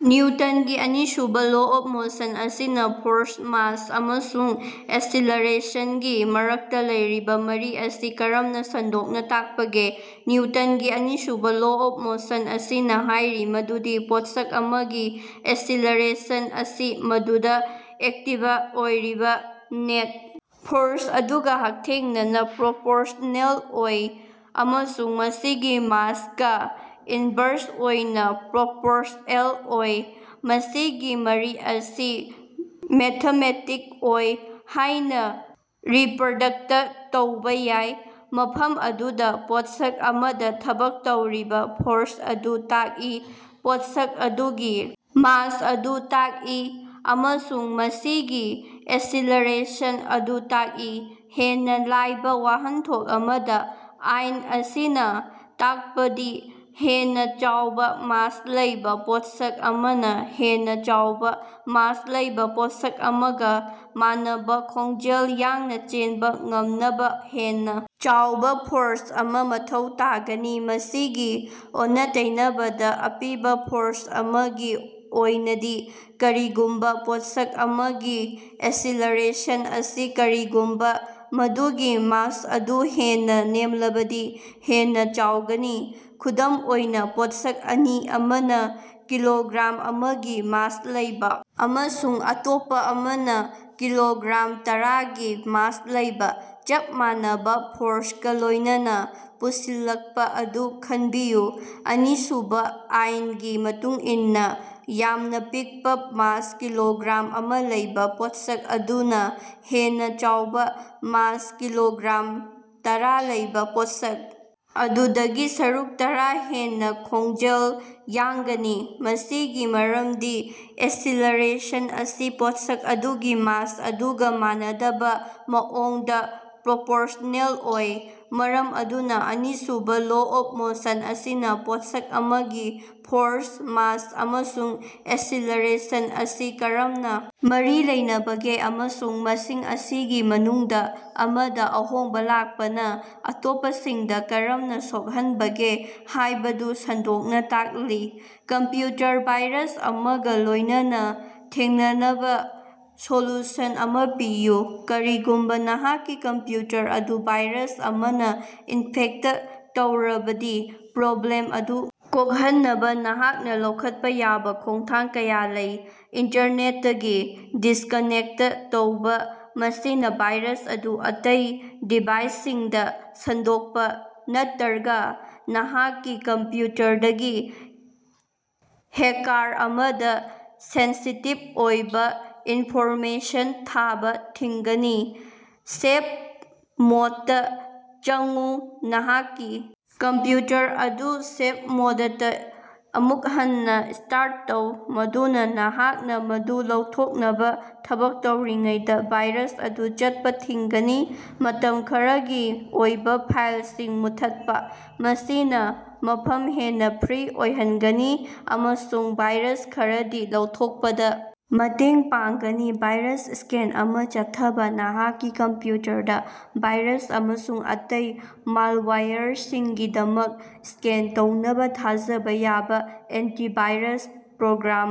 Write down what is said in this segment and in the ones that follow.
ꯅꯤꯎꯇꯟꯒꯤ ꯑꯅꯤꯁꯨꯕ law of motion ꯑꯁꯤꯅ force, mass ꯑꯃꯁꯨꯡ ꯑꯦꯁꯤꯂꯔꯦꯁꯟꯒꯤ ꯃꯔꯛꯇ ꯂꯩꯔꯤꯕ ꯃꯔꯤ ꯑꯁꯤ ꯀꯔꯝꯅ ꯁꯟꯗꯣꯛꯅ ꯇꯥꯛꯄꯒꯦ? ꯅꯤꯎꯇꯟꯒꯤ ꯑꯅꯤꯁꯨꯕ ꯂꯣ ꯑꯣꯐ ꯃꯣꯁꯟ ꯑꯁꯤꯅ ꯍꯥꯏꯔꯤ ꯃꯗꯨꯗꯤ ꯄꯣꯠꯁꯛ ꯑꯃꯒꯤ ꯑꯦꯁꯤꯂꯔꯦꯁꯟ ꯑꯁꯤ ꯃꯗꯨꯗ ꯑꯦꯛꯇꯤꯕ ꯑꯣꯏꯔꯤꯕ ꯅꯦꯠ ꯐꯣꯔꯁ ꯑꯗꯨꯒ ꯍꯛꯊꯦꯡꯅꯅ ꯄ꯭ꯔꯣꯄꯣꯔꯁ꯭ꯅꯦꯜ ꯑꯣꯏ ꯑꯃꯁꯨꯡ ꯃꯁꯤꯒꯤ ꯃꯥꯁ ꯀꯥ ꯏꯟꯕꯔꯁ ꯑꯣꯏꯅ ꯄ꯭ꯔꯣꯄꯣꯔꯁ꯭ꯑꯦꯜ ꯑꯣꯏ꯫ ꯃꯁꯤꯒꯤ ꯃꯔꯤ ꯑꯁꯤ ꯃꯦꯊꯃꯦꯇꯤꯛ ꯑꯣꯏ ꯍꯥꯏꯅ ꯔꯤꯄꯔꯗꯛꯇ ꯇꯧꯕ ꯌꯥꯏ, ꯃꯐꯝ ꯑꯗꯨꯗ ꯄꯣꯠꯁꯛ ꯑꯃꯗ ꯊꯕꯛ ꯇꯧꯔꯤꯕ ꯐꯣꯔꯁ ꯑꯗꯨ ꯇꯥꯛꯏ, ꯄꯣꯠꯁꯛ ꯑꯗꯨꯒꯤ ꯃꯥꯁ ꯑꯗꯨ ꯇꯥꯛꯏ, ꯑꯃꯁꯨꯡ ꯃꯁꯤꯒꯤ ꯑꯦꯁꯤꯂꯔꯦꯁꯟ ꯑꯗꯨ ꯇꯥꯛꯏ꯫ ꯍꯦꯟꯅ ꯂꯥꯏꯕ ꯋꯥꯍꯟꯊꯣꯛ ꯑꯃꯗ, ꯑꯥꯏꯟ ꯑꯁꯤꯅ ꯇꯥꯛꯄꯗꯤ ꯍꯦꯟꯅ ꯆꯥꯎꯕ ꯃꯥꯁ ꯂꯩꯕ ꯄꯣꯠꯁꯛ ꯑꯃꯅ ꯍꯦꯟꯅ ꯆꯥꯎꯕ ꯃꯥꯁ ꯂꯩꯕ ꯄꯣꯠꯁꯛ ꯑꯃꯒ ꯃꯥꯟꯅꯅ ꯈꯣꯡꯖꯦꯜ ꯌꯥꯡꯅ ꯆꯦꯟꯕ ꯉꯝꯅꯕ ꯍꯦꯟꯅ ꯆꯥꯎꯕ ꯐꯣꯔꯁ ꯑꯃ ꯃꯊꯧ ꯇꯥꯒꯅꯤ꯫ ꯃꯁꯤꯒꯤ ꯑꯣꯟꯅ-ꯇꯩꯅꯕꯗ, ꯑꯄꯤꯕ ꯐꯣꯔꯁ ꯑꯃꯒꯤ ꯑꯣꯏꯅꯗꯤ, ꯀꯔꯤꯒꯨꯝꯕ ꯄꯣꯠꯁꯛ ꯑꯃꯒꯤ ꯑꯦꯁꯤꯂꯔꯦꯁꯟ ꯑꯁꯤ ꯀꯔꯤꯒꯨꯝꯕ ꯃꯗꯨꯒꯤ ꯃꯥꯁ ꯑꯗꯨ ꯍꯦꯟꯅ ꯅꯦꯝꯂꯕꯗꯤ ꯍꯦꯟꯅ ꯆꯥꯎꯒꯅꯤ꯫ ꯈꯨꯗꯝ ꯑꯣꯏꯅ, ꯄꯣꯠꯁꯛ ꯑꯅꯤ, ꯑꯃꯅ ꯀꯤꯂꯣꯒ꯭ꯔꯥꯝ ꯑꯃꯒꯤ ꯃꯥꯁ ꯂꯩꯕ ꯑꯃꯁꯨꯡ ꯑꯇꯣꯞꯄ ꯑꯃꯅ ꯀꯤꯂꯣꯒ꯭ꯔꯥꯝ ꯇꯔꯥꯒꯤ ꯃꯥꯁ ꯂꯩꯕ, ꯆꯞ ꯃꯥꯟꯅꯕ ꯐꯣꯔꯁꯀ ꯂꯣꯏꯅꯅ ꯄꯨꯁꯤꯜꯂꯛꯄ ꯑꯗꯨ ꯈꯟꯕꯤꯌꯨ꯫ ꯑꯅꯤꯁꯨꯕ ꯑꯥꯏꯟꯒꯤ ꯃꯇꯨꯡ ꯏꯟꯅ, ꯌꯥꯝꯅ ꯄꯤꯛꯄ ꯃꯥꯁ ꯀꯤꯂꯣꯒ꯭ꯔꯥꯝ ꯑꯃ ꯂꯩꯕ ꯄꯣꯠꯁꯛ ꯑꯗꯨꯅ ꯍꯦꯟꯅ ꯆꯥꯎꯕ ꯃꯥꯁ ꯀꯤꯂꯣꯒ꯭ꯔꯥꯝ ꯇꯔꯥ ꯂꯩꯕ ꯄꯣꯠꯁꯛ ꯑꯗꯨꯗꯒꯤ ꯁꯔꯨꯛ ꯇꯔ ꯍꯦꯟꯅ ꯈꯣꯡꯖꯦꯜ ꯌꯥꯡꯒꯅꯤ꯫ ꯃꯁꯤꯒꯤ ꯃꯔꯝꯗꯤ ꯑꯦꯁꯤꯂꯔꯦꯁꯟ ꯑꯁꯤ ꯄꯣꯠꯁꯛ ꯑꯗꯨꯒꯤ ꯃꯥꯁ ꯑꯗꯨꯒ ꯃꯥꯟꯅꯗꯕ ꯃꯑꯣꯡꯗ ꯄ꯭ꯔꯣꯄꯣꯔꯁ꯭ꯅꯦꯜ ꯑꯣꯏ꯫ ꯃꯔꯝ ꯑꯗꯨꯅ ꯑꯅꯤꯁꯨꯕ ꯂꯣ ꯑꯣꯐ ꯃꯣꯁꯟ ꯑꯁꯤꯅ ꯄꯣꯠꯁꯛ ꯑꯃꯒꯤ ꯐꯣꯔꯁ, ꯃꯥꯁ ꯑꯃꯁꯨꯡ ꯑꯦꯁꯤꯂꯔꯦꯁꯟ ꯑꯁꯤ ꯀꯔꯝꯅ ꯃꯔꯤ ꯂꯩꯅꯕꯒꯦ ꯑꯃꯁꯨꯡ ꯃꯁꯤꯡ ꯑꯁꯤꯒꯤ ꯃꯅꯨꯡꯗ ꯑꯃꯗ ꯑꯍꯣꯡꯕ ꯂꯥꯛꯄꯅ ꯑꯇꯣꯞꯄꯁꯤꯡꯗ ꯀꯔꯝꯅ ꯁꯣꯛꯍꯟꯕꯒꯦ ꯍꯥꯏꯕꯗꯨ ꯁꯟꯗꯣꯛꯅ ꯇꯥꯛꯂꯤ꯫ ꯀꯝꯄ꯭ꯌꯨꯇꯔ ꯚꯥꯏꯔꯁ ꯑꯃꯒ ꯂꯣꯏꯅꯅ ꯊꯦꯡꯅꯅꯕ ꯁꯣꯂꯨꯁꯟ ꯑꯃ ꯄꯤꯌꯨ꯫ ꯀꯔꯤꯒꯨꯝꯕ ꯅꯍꯥꯛꯀꯤ ꯀꯝꯄ꯭ꯌꯨꯇꯔ ꯑꯗꯨ ꯚꯥꯏꯔꯁ ꯑꯃꯅ ꯏꯟꯐꯦꯛꯇ ꯇꯧꯔꯕꯗꯤ, ꯄ꯭ꯔꯣꯕ꯭ꯂꯦꯝ ꯑꯗꯨ ꯀꯣꯛꯍꯟꯅꯕ ꯅꯍꯥꯛꯅ ꯂꯧꯈꯠꯄ ꯌꯥꯕ ꯈꯣꯡꯊꯥꯡ ꯀꯌꯥ ꯂꯩ - ꯏꯟꯇꯔꯅꯦꯠꯇꯒꯤ ꯗꯤꯁꯀꯥꯅꯦꯛꯇ ꯇꯧꯕ - ꯃꯁꯤꯅ ꯚꯥꯏꯔꯁ ꯑꯗꯨ ꯑꯇꯩ ꯗꯤꯚꯥꯏꯁꯁꯤꯡꯗ ꯁꯟꯗꯣꯛꯄ ꯅꯠꯇꯔꯒ ꯅꯍꯥꯛꯀꯤ ꯀꯝꯄ꯭ꯌꯨꯇꯔꯗꯒꯤ ꯍꯦꯀꯥꯔ ꯑꯃꯗ ꯁꯦꯟꯁꯤꯇꯤꯚ ꯑꯣꯏꯕ ꯏꯟꯐꯣꯔꯃꯦꯁꯟ ꯊꯥꯕ ꯊꯤꯡꯒꯅꯤ꯫ ꯁꯦꯐ ꯃꯣꯗꯇꯥ ꯆꯪꯎ - ꯅꯍꯥꯛꯀꯤ ꯀꯝꯄ꯭ꯌꯨꯇꯔ ꯑꯗꯨ ꯁꯦꯐ ꯃꯣꯗꯇꯥ ꯑꯃꯨꯛ ꯍꯟꯅ ꯁ꯭ꯇꯥꯔꯠ ꯇꯧ, ꯃꯗꯨꯅ ꯅꯍꯥꯛꯅ ꯃꯗꯨ ꯂꯧꯊꯣꯛꯅꯕ ꯊꯕꯛ ꯇꯧꯔꯤꯉꯩꯗ ꯚꯥꯏꯔꯁ ꯑꯗꯨ ꯆꯠꯄ ꯊꯤꯡꯒꯅꯤ꯫ ꯃꯇꯝ ꯈꯔꯒꯤ ꯑꯣꯏꯕ ꯐꯥꯏꯜꯁꯤꯡ ꯃꯨꯠꯊꯠꯄ - ꯃꯁꯤꯅ ꯃꯐꯝ ꯍꯦꯟꯅ ꯐ꯭ꯔꯤ ꯑꯣꯏꯍꯟꯒꯅꯤ ꯑꯃꯁꯨꯡ ꯚꯥꯏꯔꯁ ꯈꯔꯗꯤ ꯂꯧꯊꯣꯛꯄꯗ ꯃꯇꯦꯡ ꯄꯥꯡꯒꯅꯤ꯫ ꯚꯥꯏꯔꯁ ꯁ꯭ꯀꯦꯟ ꯑꯃ ꯆꯠꯊꯕ - ꯅꯍꯥꯛꯀꯤ ꯀꯝꯄ꯭ꯌꯨꯇꯔꯗ ꯚꯥꯏꯔꯁ ꯑꯃꯁꯨꯡ ꯑꯇꯩ ꯃꯥꯜꯋꯥꯌꯔꯁꯤꯡꯒꯤꯗꯃꯛ ꯁ꯭ꯀꯦꯟ ꯇꯧꯅꯕ ꯊꯥꯖꯕ ꯌꯥꯕ ꯑꯦꯟꯇꯤꯚꯥꯏꯔꯁ ꯄ꯭ꯔꯣꯒ꯭ꯔꯥꯝ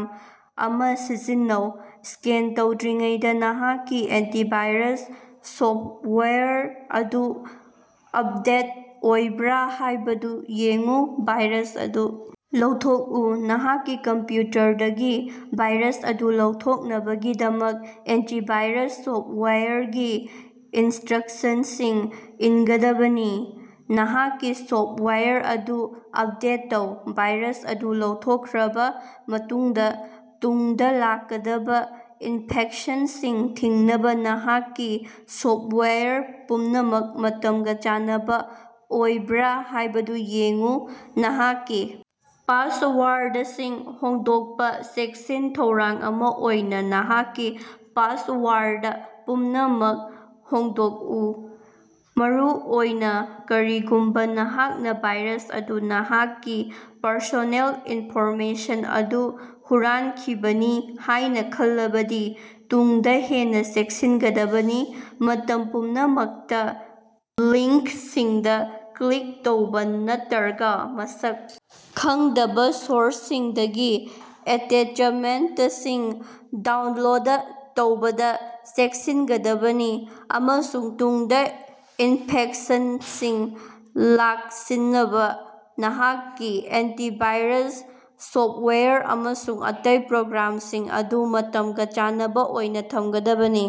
ꯑꯃ ꯁꯤꯖꯤꯟꯅꯧ꯫ ꯁ꯭ꯀꯦꯟ ꯇꯧꯗ꯭ꯔꯤꯉꯩꯗ ꯅꯍꯥꯛꯀꯤ ꯑꯦꯟꯇꯤꯚꯥꯏꯔꯁ ꯁꯣꯐ꯭ꯇꯋꯥꯌꯔ ꯑꯗꯨ ꯑꯞꯗꯦꯠ ꯑꯣꯏꯕ꯭ꯔꯥ ꯍꯥꯏꯕꯗꯨ ꯌꯦꯡꯎ꯫ ꯚꯥꯏꯔꯁ ꯑꯗꯨ ꯂꯧꯊꯣꯛꯎ -ꯅꯍꯥꯛꯀꯤ ꯀꯝꯄ꯭ꯌꯨꯇꯔꯗꯒꯤ ꯚꯥꯏꯔꯁ ꯑꯗꯨ ꯂꯧꯊꯣꯛꯅꯕꯒꯤꯗꯃꯛ ꯑꯦꯟꯇꯤꯚꯥꯏꯔꯁ ꯁꯣꯐ꯭ꯇꯋꯥꯌꯔꯒꯤ ꯏꯟꯁꯇ꯭ꯔꯛꯁꯟꯁꯤꯡ ꯏꯟꯒꯗꯕꯅꯤ꯫ ꯅꯍꯥꯛꯀꯤ ꯁꯣꯐ꯭ꯇꯋꯥꯌꯔ ꯑꯗꯨ ꯑꯞꯗꯦꯠ ꯇꯧ - ꯚꯥꯏꯔꯁ ꯑꯗꯨ ꯂꯧꯊꯣꯛꯈ꯭ꯔꯕ ꯃꯇꯨꯡꯗ, ꯇꯨꯡꯗ ꯂꯥꯛꯀꯗꯕ ꯏꯟꯐꯦꯛꯁꯟꯁꯤꯡ ꯊꯤꯡꯅꯕ ꯅꯍꯥꯛꯀꯤ ꯁꯣꯐ꯭ꯇꯋꯥꯌꯔ ꯄꯨꯝꯅꯃꯛ ꯃꯇꯝꯒ ꯆꯥꯟꯅꯕ ꯑꯣꯏꯕ꯭ꯔꯥ ꯍꯥꯏꯕꯗꯨ ꯌꯦꯡꯎ꯫ ꯅꯍꯥꯛꯀꯤ ꯄꯥꯁꯋꯥꯔꯗꯁꯤꯡ ꯍꯣꯡꯗꯣꯛꯄ - ꯆꯦꯛꯁꯤꯟ ꯊꯧꯔꯥꯡ ꯑꯃ ꯑꯣꯏꯅ ꯅꯍꯥꯛꯀꯤ ꯄꯥꯁꯋꯥꯔꯗ ꯄꯨꯝꯅꯃꯛ ꯍꯣꯡꯗꯣꯛꯎ, ꯃꯔꯨꯑꯣꯏꯅ ꯀꯔꯤꯒꯨꯝꯕ ꯅꯍꯥꯛꯅ ꯚꯥꯏꯔꯁ ꯑꯗꯨꯅ ꯅꯍꯥꯛꯀꯤ ꯄꯔꯁꯣꯅꯦꯜ ꯏꯟꯐꯣꯔꯃꯦꯁꯟ ꯑꯗꯨ ꯍꯨꯔꯥꯟꯈꯤꯕꯅꯤ ꯍꯥꯏꯅ ꯈꯜꯂꯕꯗꯤ, ꯇꯨꯡꯗ ꯍꯦꯟꯅ ꯆꯦꯛꯁꯤꯟꯒꯗꯕꯅꯤ꯫ ꯃꯇꯝ ꯄꯨꯝꯅꯃꯛꯇ ꯂꯤꯡ꯭ꯀꯁꯤꯡꯗ ꯀ꯭ꯂꯤꯛ ꯇꯧꯕ ꯅꯠꯇꯔꯒ ꯃꯁꯛ ꯈꯪꯗꯕ ꯁꯣꯔꯁꯁꯤꯡꯗꯒꯤ ꯑꯦꯇꯦꯆꯃꯦꯟꯇꯁꯤꯡ ꯗꯥꯎꯟꯂꯣꯗ ꯇꯧꯕꯗ ꯆꯦꯛꯁꯤꯟꯒꯗꯕꯅꯤ, ꯑꯃꯁꯨꯡ ꯇꯨꯡꯗ ꯏꯟꯐꯦꯛꯁꯟꯁꯤꯡ ꯂꯥꯛꯁꯤꯟꯅꯕ ꯅꯍꯥꯛꯀꯤ ꯑꯦꯟꯇꯤꯚꯥꯏꯔꯁ ꯁꯣꯐ꯭ꯇꯋꯥꯌꯔ ꯑꯃꯁꯨꯡ ꯑꯇꯩ ꯄ꯭ꯔꯣꯒ꯭ꯔꯥꯝꯁꯤꯡ ꯑꯗꯨ ꯃꯇꯝꯒ ꯆꯥꯟꯅꯕ ꯑꯣꯏꯅ ꯊꯝꯒꯗꯕꯅꯤ꯫